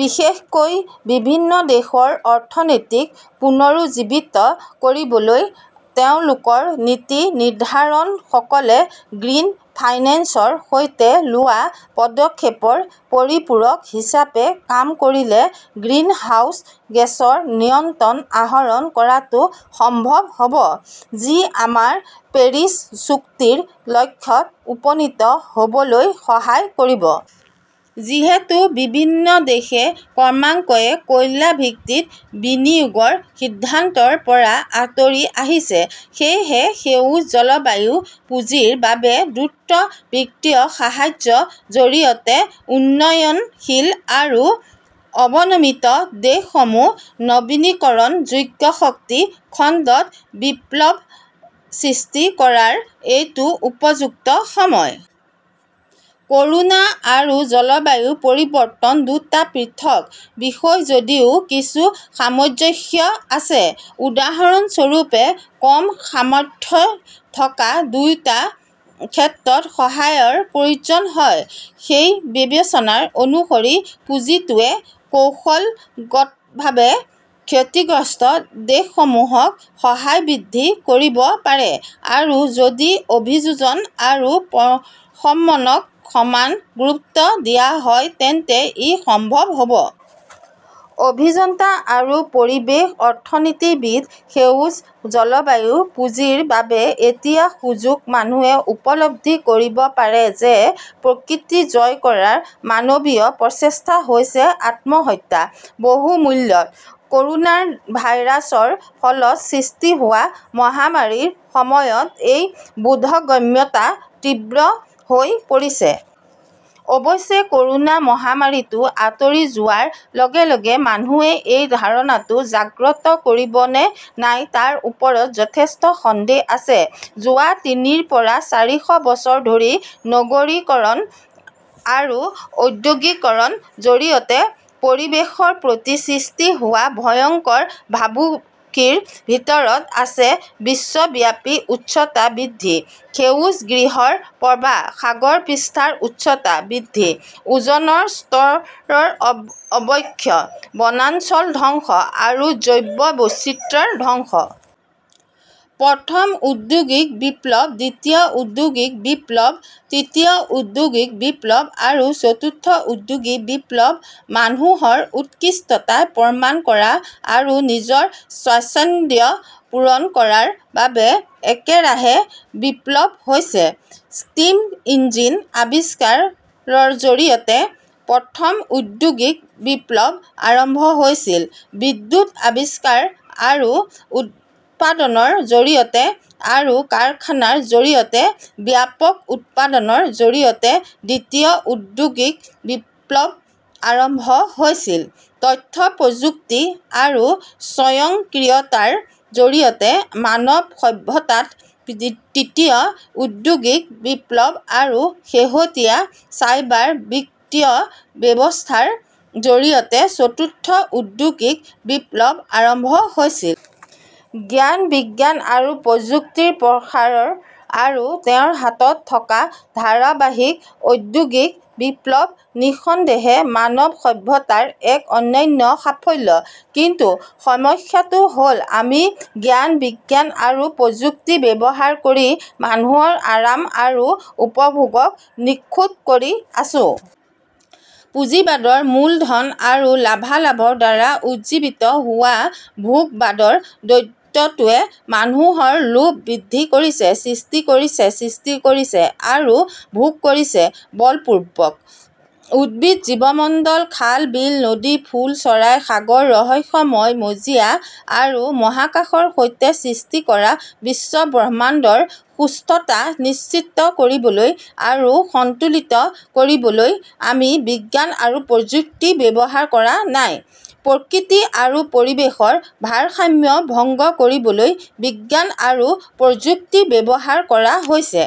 বিশেষকৈ বিভিন্ন দেশৰ অৰ্থনীতিক পুনৰুজ্জীৱিত কৰিবলৈ তেওঁলোকৰ নীতি নিৰ্ধাৰকসকলে গ্ৰীণ ফাইনেন্সৰ সৈতে লোৱা পদক্ষেপৰ পৰিপূৰক হিচাপে কাম কৰিলে গ্ৰীণ হাউচ গেছৰ নিয়ন্ত্ৰণ আহৰণ কৰাটো সম্ভৱ হ 'ব, যি আমাৰ পেৰিছ চুক্তিৰ লক্ষ্যত উপনীত হ' বলৈ সহায় কৰিব। যিহেতু বিভিন্ন দেশে ক্ৰমান্বয়ে কয়লা ভিত্তিক বিনিয়োগৰ সিদ্ধান্তৰ পৰা আঁতৰি আহিছে, সেয়েহে সেউজ জলবায়ু পুঁজিৰ বাবে দ্ৰুত বিত্তীয় সাহায্যৰ জৰিয়তে উন্নয়নশীল আৰু অৱনমিত দেশসমূহত নৱীকৰণযোগ্য শক্তি খণ্ডত বিপ্লৱ সৃষ্টি কৰাৰ এইটো উপযুক্ত সময়। ক'ৰোনা আৰু জলবায়ু পৰিৱৰ্তন দুটা পৃথক বিষয় যদিও কিছু সামঞ্জস্য আছে। উদাহৰণস্বৰূপে, কম সামৰ্থ্য থকা দুয়োটা ক্ষেত্ৰতে সহায়ৰ প্ৰয়োজন হয়। সেই বিবেচনা অনুসৰি, পুঁজিটোৱে কৌশলগতভাৱে ক্ষতিগ্ৰস্ত দেশসমূহক সহায় বৃদ্ধি কৰিব পাৰে আৰু যদি অভিযোজন আৰু প্ৰশমনক সমান গুৰুত্ব দিয়া হয় তেন্তে ই সম্ভৱ হ 'ব। অভিযন্তা আৰু পৰিৱেশ অৰ্থনীতিবিদ। সেউজ জলবায়ু পুঁজিৰ বাবে এতিয়া সুযোগ মানুহে উপলব্ধি কৰিব পাৰে যে প্ৰকৃতি জয় কৰাৰ মানৱীয় প্ৰচেষ্টা হৈছে আত্মহত্যা, বহু মূল্যত। ক'ৰোনা ভাইৰাছৰ ফলত সৃষ্টি হোৱা মহামাৰীৰ সময়ত সেই বোধগম্যতা তীব্ৰ হৈ পৰিছে। অৱশ্যে, ক'ৰোনা মহামাৰীটো আঁতৰি যোৱাৰ লগে লগে মানুহে এই ধাৰণাটো জাগ্ৰত কৰিব নে নাই তাৰ ওপৰত যথেষ্ট সন্দেহ আছে। যোৱা তিনিৰ পৰা চাৰিশ বছৰ ধৰি নগৰীকৰণ আৰু ঔদ্যোগিকৰণৰ জৰিয়তে পৰিৱেশৰ প্ৰতি সৃষ্টি হোৱা ভয়ংকৰ ভাবুকিৰ ভিতৰত আছে-বিশ্বব্যাপী উষ্ণতা বৃদ্ধি, সেউজ গৃহৰ প্ৰভাৱ, সাগৰ পৃষ্ঠৰ উচ্চতা বৃদ্ধি, ওজনৰ স্তৰৰ অৱক্ষয়, বনাঞ্চল ধ্বংস আৰু জৈৱ বৈচিত্ৰ্য ধ্বংস। প্ৰথম ঔদ্যোগিক বিপ্লৱ, দ্বিতীয় ঔদ্যোগিক বিপ্লৱ, তৃতীয় ঔদ্যোগিক বিপ্লৱ আৰু চতুৰ্থ ঔদ্যোগিক বিপ্লৱ-মানুহৰ উৎকৃষ্টতা প্ৰমাণ কৰা আৰু নিজৰ স্বাচ্ছন্দ্য পূৰণ কৰাৰ বাবে একেৰাহে বিপ্লৱ হৈছে। ষ্টীম ইঞ্জিন আৱিষ্কাৰৰ জৰিয়তে প্ৰথম ঔদ্যোগিক বিপ্লৱ আৰম্ভ হৈছিল; বিদ্যুৎ আৱিষ্কাৰ আৰু উৎপাদনৰ জৰিয়তে আৰু কাৰখানাৰ জৰিয়তে ব্যাপক উৎপাদনৰ জৰিয়তে দ্বিতীয় ঔদ্যোগিক বিপ্লৱ আৰম্ভ হৈছিল; তথ্য প্ৰযুক্তি আৰু স্বয়ংক্ৰিয়তাৰ জৰিয়তে মানৱ সভ্যতাত তৃতীয় ঔদ্যোগিক বিপ্লৱ আৰু শেহতীয়া চাইবাৰ বিত্তীয় ব্যৱস্থাৰ জৰিয়তে চতুৰ্থ ঔদ্যোগিক বিপ্লৱ আৰম্ভ হৈছিল। জ্ঞান-বিজ্ঞান আৰু প্ৰযুক্তিৰ প্ৰসাৰ আৰু তেওঁৰ হাতত থকা ধাৰাবাহিক ঔদ্যোগিক বিপ্লৱ নিঃসন্দেহে মানৱ সভ্যতাৰ এক অনন্য সাফল্য। কিন্তু সমস্যাটো হ 'ল, আমি জ্ঞান-বিজ্ঞান আৰু প্ৰযুক্তি ব্যৱহাৰ কৰি মানুহৰ আৰাম আৰু উপভোগক নিখুঁত কৰি আছো। পুঁজিবাদৰ মূলধন আৰু লাভালাভৰ দ্বাৰা উজ্জীৱিত হোৱা ভোগবাদৰ দৈত্যটোৱে মানুহৰ লোভ বৃদ্ধি কৰিছে, সৃষ্টি কৰিছে, সৃষ্টি কৰিছে, আৰু ভোগ কৰিছে, বলপূৰ্বক। উদ্ভিদ, জীৱমণ্ডল, খাল-বিল-নদী-ফুল-চৰাই, সাগৰৰ ৰহস্যময় মজিয়া আৰু মহাকাশৰ সৈতে সৃষ্টি কৰা বিশ্বব্ৰহ্মাণ্ডৰ সুস্থতা নিশ্চিত কৰিবলৈ আৰু সন্তুলিত কৰিবলৈ আমি বিজ্ঞান আৰু প্ৰযুক্তি ব্যৱহাৰ কৰা নাই; প্ৰকৃতি আৰু পৰিৱেশৰ ভাৰসাম্য ভংগ কৰিবলৈ বিজ্ঞান আৰু প্ৰযুক্তি ব্যৱহাৰ কৰা হৈছে।